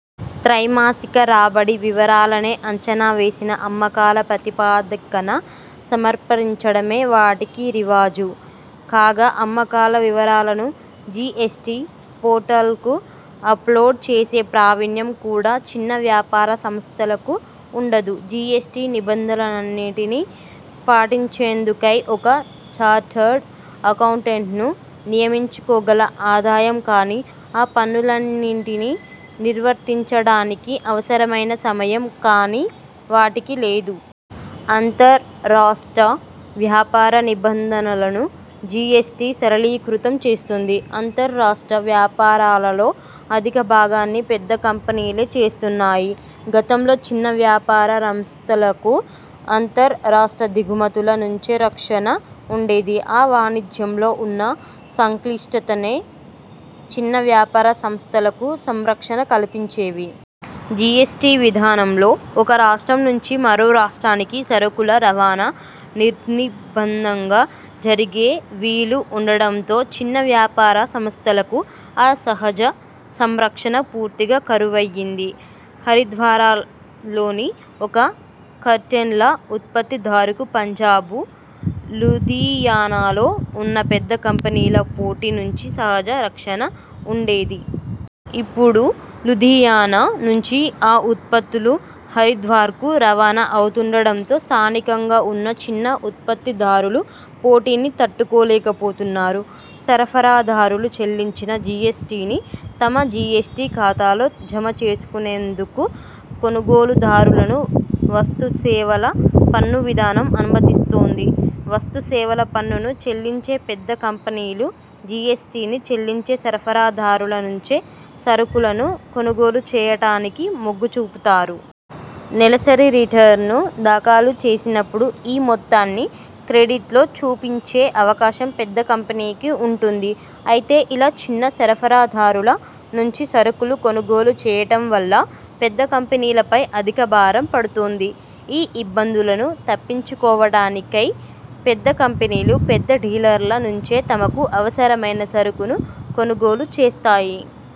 త్రైమాసిక రాబడి వివరాలనే అంచనావేసిన అమ్మకాల ప్రాతిపదికన సమర్పించడమే వాటికి రివాజు. కాగా అమ్మకాల వివరాలను జీఎస్టీ పోర్టల్కు అప్లోడ్ చేసే ప్రావీణ్యం కూడా చిన్న వ్యాపార సంస్థలకు వుండదు. జీఎస్టీ నిబంధలన్నిటినీ పాటించేందుకై ఒక చార్టర్డ్ అక్కౌంటెంట్ను నియమించుకోగల ఆదాయంగానీ, ఆ పనులన్నిటినీ నిర్వర్తించ డానికి అవసరమైన సమయం గానీ వాటికి లేదు. అంతర్ రాష్ట్ర వ్యాపార నిబంధనలను జీఎస్టీ సరళీకృతం చేస్తుంది. అంతర్ రాష్ట్ర వ్యాపారాలలో అధిక భాగాన్ని పెద్ద కంపెనీలే చేస్తున్నాయి. గతంలో చిన్న వ్యాపా రసంస్థలకు, అంతర్ రాష్ట్ర దిగుమతుల నుంచి రక్షణ వుండేది. ఆ వాణిజ్యంలో వున్న సంక్లిష్టతలే చిన్న వ్యాపార సంస్థలకు సంరక్షణ కల్పించేవి. జీఎస్టీ విధానంలో ఒక రాష్ట్రం నుంచి మరో రాష్ట్రానికి సరుకుల రవాణా నిర్నిబంధంగా జరిగే వీలు వుండడంతో చిన్న వ్యాపార సంస్థలకు ఆ సహజ సంరక్షణ పూర్తిగా కరువయ్యింది. హరిద్వార్లోని ఒక కర్టెన్ ల ఉత్పత్తిదారుకు పంజాబ్ లూధియానాలో వున్న పెద్ద కంపెనీల పోటీ నుంచి సహజ రక్షణ వుండేది. ఇప్పుడు లూధియానా నుంచి ఆ ఉత్పత్తులు హరిద్వార్కు రవాణా అవుతుండడంతో స్థానికంగా ఉన్న చిన్న ఉత్పత్తిదారులు పోటీని తట్టుకోలేకపోతున్నారు. సరఫరాదారులు చెల్లించిన జీఎస్టీని తమ జీఎస్టీ ఖాతాలో జమ చేసుకొనేం దుకు కొనుగోలుదారులను వస్తుసేవల పన్ను విధానం అనుమతిస్తుంది. వస్తు సేవల పన్నును చెల్లించే పెద్ద కంపెనీలు, జీఎస్టీని చెల్లించే సరఫరాదారుల నుంచే సరుకులను కొనుగోలు చేయడానికి మొగ్గు చూపుతారు. నెలసరి రిటర్న్స్ను దాఖలు చేసినప్పుడు ఈ మొత్తాన్ని క్రెడిట్లో చూపించే అవకాశం పెద్ద కంపెనీకి వుంటుంది. అయితే ఇలా చిన్న సరఫరాదారుల నుంచి సరుకులు కొనుగోలు చేయడంవల్ల పెద్ద కంపెనీలపై అధిక భారం పడుతుంది. ఈ ఇబ్బందులను తప్పించుకోవడానికై పెద్ద కంపెనీలు పెద్ద డీలర్ల నుంచే తమకు అవసరమైన సరుకును కొనుగోలు చేస్తాయి.